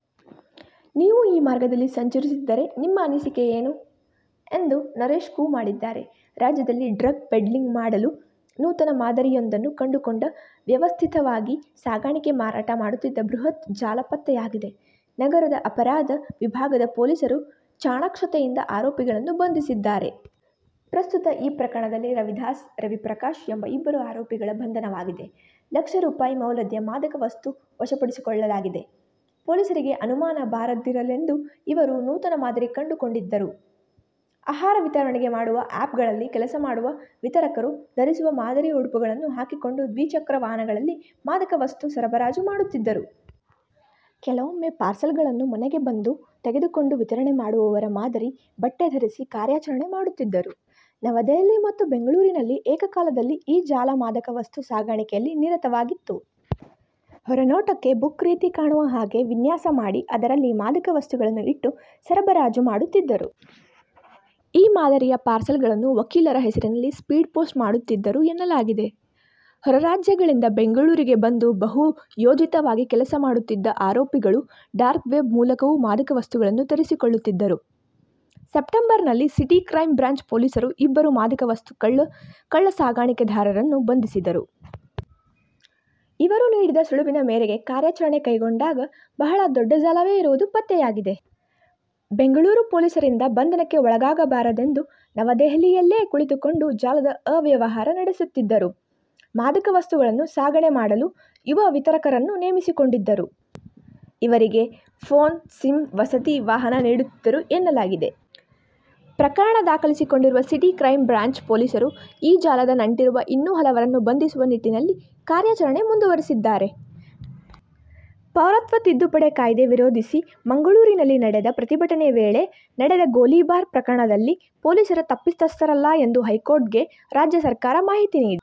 ನೀವೂ ಈ ಮಾರ್ಗದಲ್ಲಿ ಸಂಚರಿಸಿದ್ದರೆ ನಿಮ್ಮ ಅನಿಸಿಕೆ ಏನು? ' ಎಂದು ನರೇಶ್ ಕೂ ಮಾಡಿದ್ದಾರೆ. ರಾಜ್ಯದಲ್ಲಿ ಡ್ರಗ್ ಪೆಡ್ಲಿಂಗ್ ಮಾಡಲು ನೂತನ ಮಾದರಿಯೊಂದನ್ನು ಕಂಡುಕೊಂಡು ವ್ಯವಸ್ಥಿತವಾಗಿ ಸಾಗಣೆ ಮಾರಾಟ ಮಾಡುತ್ತಿದ್ದ ಬೃಹತ್ ಜಾಲ ಪತ್ತೆಯಾಗಿದೆ. ನಗರದ ಅಪರಾಧ ವಿಭಾಗದ ಪೊಲೀಸರು ಚಾಣಾಕ್ಷತೆಯಿಂದ ಆರೋಪಿಗಳನ್ನು ಬಂಧಿಸಿದ್ದಾರೆ. ಪ್ರಸ್ತುತ ಈ ಪ್ರಕರಣದಲ್ಲಿ ರವಿದಾಸ್, ರವಿ ಪ್ರಕಾಶ್ ಎಂಬ ಇಬ್ಬರು ಆರೋಪಿಗಳ ಬಂಧನವಾಗಿದೆ. ಲಕ್ಷ ರೂಪಾಯಿ ಮೌಲ್ಯದ ಮಾದಕ ವಸ್ತು ವಶಪಡಿಸಿಕೊಳ್ಳಲಾಗಿದೆ. ಪೊಲೀಸರಿಗೆ ಅನುಮಾನ ಬಾರದಿರಲೆಂದು ಇವರು ನೂತನ ಮಾದರಿ ಕಂಡು ಕೊಂಡಿದ್ದರು. ಆಹಾರ ವಿತರಣೆ ಮಾಡುವ ಆ್ಯಪ್ ಗಳಲ್ಲಿ ಕೆಲಸ ಮಾಡುವ ವಿತರಕರು ಧರಿಸುವ ಮಾದರಿಯ ಉಡುಪುಗಳನ್ನು ಹಾಕಿಕೊಂಡು ದ್ವಿಚಕ್ರ ವಾಹನಗಳಲ್ಲಿ ಮಾದಕ ವಸ್ತು ಸರಬರಾಜು ಮಾಡುತ್ತಿದ್ದರು. ಕೆಲವೊಮ್ಮೆ ಪಾರ್ಸೆಲ್ ಗಳನ್ನು ಮನೆಗೆ ಬಂದು ತೆಗೆದುಕೊಂಡು ವಿತರಣೆ ಮಾಡುವವರ ಮಾದರಿ ಬಟ್ಟೆ ಧರಿಸಿ ಕಾರ್ಯಾಚರಣೆ ಮಾಡುತ್ತಿದ್ದರು. ನವದೆಹಲಿ ಮತ್ತು ಬೆಂಗಳೂರಿನಲ್ಲಿ ಏಕಕಾಲದಲ್ಲಿ ಈ ಜಾಲ ಮಾದಕ ವಸ್ತು ಸಾಗಣೆಯಲ್ಲಿ ನಿರತವಾಗಿತ್ತು. ಹೊರನೋಟಕ್ಕೆ ಬುಕ್ ರೀತಿ ಕಾಣುವ ಹಾಗೆ ವಿನ್ಯಾಸ ಮಾಡಿ ಅದರಲ್ಲಿ ಮಾದಕ ವಸ್ತುಗಳನ್ನು ಇಟ್ಟು ಸರಬರಾಜು ಮಾಡುತ್ತಿದ್ದರು. ಈ ಮಾದರಿಯ ಪಾರ್ಸೆಲುಗಳನ್ನು ವಕೀಲರ ಹೆಸರಿನಲ್ಲಿ ಸ್ಪೀಡ್ ಪೋಸ್ಟ್ ಮಾಡುತ್ತಿದ್ದರು ಎನ್ನಲಾಗಿದೆ. ಹೊರರಾಜ್ಯಗಳಿಂದ ಬೆಂಗಳೂರಿಗೆ ಬಂದು ಬಹು ಯೋಜಿತವಾಗಿ ಕೆಲಸ ಮಾಡುತ್ತಿದ್ದ ಆರೋಪಿಗಳು ಡಾರ್ಕ್ ವೆಬ್ ಮೂಲಕವೂ ಮಾದಕ ವಸ್ತುಗಳನ್ನು ತರಿಸಿಕೊಳ್ಳುತ್ತಿದ್ದರು. ಸೆಪ್ಟೆಂಬರ್ ನಲ್ಲಿ ಸಿಟಿ ಕ್ರೈಮ್ ಬ್ರಾಂಚ್ ಪೊಲೀಸರು ಇಬ್ಬರು ಮಾದಕ ವಸ್ತು ಕಳ್ಳ ಸಾಗಾಣೆದಾರರನ್ನು ಬಂಧಿಸಿದ್ದರು. ಇವರು ನೀಡಿದ ಸುಳಿವಿನ ಮೇರೆಗೆ ಕಾರ್ಯಾಚರಣೆ ಕೈಗೊಂಡಾಗ ಬಹಳ ದೊಡ್ಡ ಜಾಲವೇ ಇರುವುದು ಪತ್ತೆಯಾಗಿದೆ. ಬೆಂಗಳೂರು ಪೊಲೀಸರಿಂದ ಬಂಧನಕ್ಕೆ ಒಳಗಾಗಬಾರದೆಂದು ನವದೆಹಲಿಯಲ್ಲಿಯೇ ಕುಳಿತುಕೊಂಡು ಜಾಲದ ಅವ್ಯವಹಾರ ನಡೆಸುತ್ತಿದ್ದರು, ಮಾದಕ ವಸ್ತುಗಳನ್ನು ಸಾಗಣೆ ಮಾಡಲು ಯುವ ವಿತರಕರನ್ನು ನೇಮಿಸಿಕೊಂಡಿದ್ದರು. ಇವರಿಗೆ ಪೋನ್, ಸಿಮ್, ವಸತಿ, ವಾಹನ ನೀಡುತ್ತಿದ್ದರು ಎನ್ನಲಾಗಿದೆ. ಪ್ರಕರಣ ದಾಖಲಿಸಿಕೊಂಡಿರುವ ಸಿಟಿ ಕ್ರೈಮ್ ಬ್ರಾಂಚ್ ಪೊಲೀಸರು ಈ ಜಾಲದ ನಂಟಿರುವ ಇನ್ನೂ ಹಲವರನ್ನು ಬಂಧಿಸುವ ನಿಟ್ಟಿನಲ್ಲಿ ಕಾರ್ಯಾಚರಣೆ ಮುಂದುವರಿಸಿದ್ದಾರೆ. ಪೌರತ್ವ ತಿದ್ದುಪಡಿ ಕಾಯ್ದೆ ವಿರೋಧಿಸಿ ಮಂಗಳೂರಿನಲ್ಲಿ ನಡೆದ ಪ್ರತಿಭಟನೆ ವೇಳೆ ನಡೆದ ಗೋಲಿಬಾರ್ ಪ್ರಕರಣದಲ್ಲಿ ಪೊಲೀಸರ ತಪ್ಪಿತಸ್ಥರಲ್ಲ ಎಂದು ಹೈಕೋರ್ಟ್'ಗೆ ರಾಜ್ಯ ಸರ್ಕಾರ ಮಾಹಿತಿ ನೀಡಿದೆ.